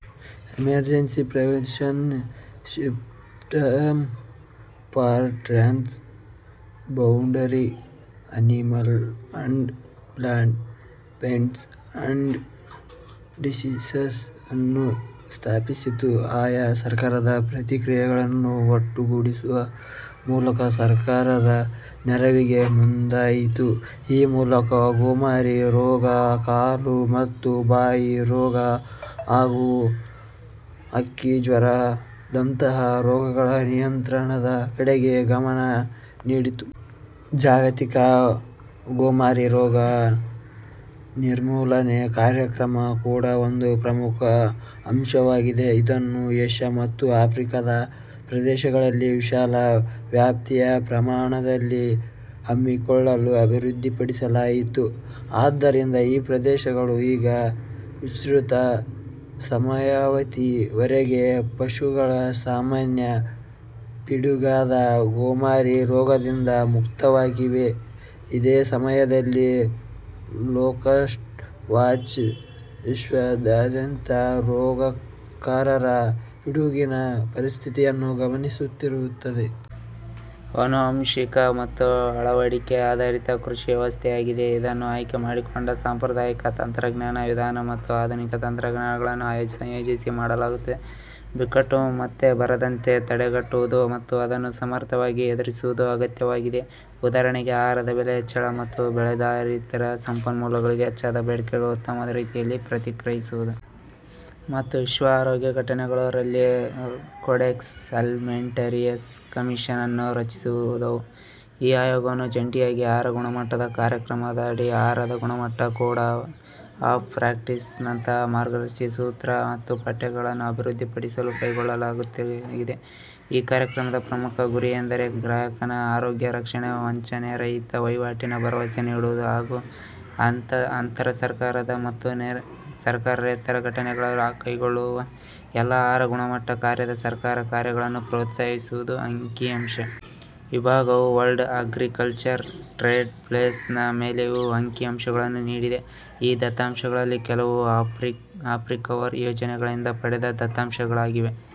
Emergency prevention system for transboundary animal and plant pests and diseases ಅನ್ನು ಸ್ಥಾಪಿಸಿತು. ಆಯಾ ಸರ್ಕಾರದ ಪ್ರತಿಕ್ರಿಯೆಗಳನ್ನು ಒಟ್ಟುಗೂಡಿಸುವ ಮೂಲಕ ಸರ್ಕಾರದ ನೆರವಿಗೆ ಮುಂದಾಯಿತು. ಈ ಮೂಲಕ ಗೋಮಾರಿ ರೋಗ, ಕಾಲು ಮತ್ತು ಬಾಯಿ ರೋಗ ಹಾಗು ಹಕ್ಕಿ ಜ್ವರ ದಂತಹ ರೋಗಗಳ ನಿಯಂತ್ರಣದ ಕಡೆಗೆ ಗಮನ ನೀಡಿತು. ಜಾಗತಿಕ ಗೋಮಾರಿ ರೋಗ ನಿರ್ಮೂಲನೆ ಕಾರ್ಯಕ್ರಮ ಕೂಡ ಒಂದು ಪ್ರಮುಖ ಅಂಶವಾಗಿದೆ. ಇದನ್ನು ಏಷ್ಯಾ ಮತ್ತು ಆಫ್ರಿಕಾದ ಪ್ರದೇಶಗಳಲ್ಲಿ ವಿಶಾಲ ವ್ಯಾಪ್ತಿಯ ಪ್ರಮಾಣದಲ್ಲಿ ಹಮ್ಮಿಕೊಳ್ಳಲು ಅಭಿವೃದ್ಧಿಪಡಿಸಲಾಯಿತು. ಆದ್ದರಿಂದ ಈ ಪ್ರದೇಶಗಳು ಈಗ ವಿಸ್ತೃತ ಸಮಯಾವಧಿ ವರೆಗೆ ಪಶುಗಳ ಸಾಮಾನ್ಯ ಪಿಡುಗಾದ, ಗೋಮಾರಿ ರೋಗದಿಂದ ಮುಕ್ತವಾಗಿವೆ. ಇದೇ ಸಮಯದಲ್ಲಿ ಲೋಕಸ್ಟ್ ವಾಚ್, ವಿಶ್ವದಾದ್ಯಂತ ರೋಗಕಾರರ ಪಿಡುಗಿನ ಪರಿಸ್ಥಿತಿಯನ್ನು ಗಮನಿಸುತ್ತಿರುತ್ತದೆ. ಆನುವಂಶಿಕ ಮತ್ತು ಅಳವಡಿಕೆ ಆಧಾರಿತ, ಕೃಷಿ ವ್ಯವಸ್ಥೆಯಾಗಿದೆ. ಇದನ್ನು ಆಯ್ಕೆ ಮಾಡಿಕೊಂಡ ಸಾಂಪ್ರದಾಯಿಕ ತಂತ್ರಜ್ಞಾನ ವಿಧಾನ ಮತ್ತು ಆಧುನಿಕ ತಂತ್ರಜ್ಞಾನಗಳನ್ನು ಸಂಯೋಜಿಸಿ ಮಾಡಲಾಗುತ್ತದೆ. ಬಿಕ್ಕಟ್ಟು ಮತ್ತೆ ಬರದಂತೆ ತಡೆಗಟ್ಟುವುದು ಮತ್ತು ಅದನ್ನು ಸಮರ್ಥವಾಗಿ ಎದುರಿಸುವುದು ಅಗತ್ಯವಾಗಿದೆ. ಉದಾಹರಣೆಗೆ, ಆಹಾರದ ಬೆಲೆ ಹೆಚ್ಚಳ ಮತ್ತು ಬೆಳೆಯಾಧಾರಿತ ಸಂಪನ್ಮೂಲಗಳಿಗೆ ಹೆಚ್ಚಾದ ಬೇಡಿಕೆಗಳಿಗೆ ಉತ್ತಮ ರೀತಿಯಲ್ಲಿ ಪ್ರತಿಕ್ರಿಯಿಸುವುದು. ಮತ್ತು ವಿಶ್ವ ಆರೋಗ್ಯ ಸಂಘಟನೆಗಳು ರಲ್ಲಿ ಕೊಡೆಕ್ಸ್ ಅಲೈಮೆಂಟರಿಯಸ್ ಕಮಿಷನ್ ಅನ್ನು ರಚಿಸಿದವು. ಈ ಆಯೋಗವನ್ನು ಜಂಟಿಯಾಗಿ ಆಹಾರ ಗುಣಮಟ್ಟದ ಕಾರ್ಯಕ್ರಮದಡಿ, ಆಹಾರದ ಗುಣಮಟ್ಟ, ಕೋಡ್ ಆಫ್ ಪ್ರಾಕ್ಟೀಸ್ ನಂತಹ ಮಾರ್ಗದರ್ಶಿ ಸೂತ್ರ ಮತ್ತು ಪಠ್ಯಗಳನ್ನು ಅಭಿವೃದ್ಧಿಪಡಿಸಲು ಕೈಗೆತ್ತಿಕೊಳ್ಳಲಾಗಿದೆ. ಈ ಕಾರ್ಯಕ್ರಮದ ಪ್ರಮುಖ ಗುರಿಯೆಂದರೆ; ಗ್ರಾಹಕನ ಆರೋಗ್ಯ ರಕ್ಷಣೆ, ವಂಚನೆರಹಿತ ವಹಿವಾಟಿನ ಭರವಸೆ ನೀಡುವುದು ಹಾಗು ಅಂತರಸರ್ಕಾರದ ಮತ್ತು ಸರ್ಕಾರೇತರ ಸಂಘಟನೆಗಗಳು ಕೈಗೊಳ್ಳುವ ಎಲ್ಲಾ ಆಹಾರ ಗುಣಮಟ್ಟ ಕಾರ್ಯದ ಸಹಕಾರ ಕಾರ್ಯಗಳನ್ನು ಪ್ರೋತ್ಸಾಹಿಸುವುದು. ಅಂಕಿಅಂಶ ವಿಭಾಗವು, ವಲ್ಡ್ ಅಗ್ರಿಕಲ್ಚರಲ್ ಟ್ರೇಡ್ ಫ್ಲೋಸ್ ನ ಮೇಲೆಯೂ ಅಂಕಿಅಂಶಗಳನ್ನು ನೀಡಿದೆ. ಈ ದತ್ತಾಂಶಗಳಲ್ಲಿ ಕೆಲವು ಅಫ್ರಿಕವರ್ ಯೋಜನೆಗಳಿಂದ ಪಡೆದ ದತ್ತಾಂಶಗಳಾಗಿವೆ.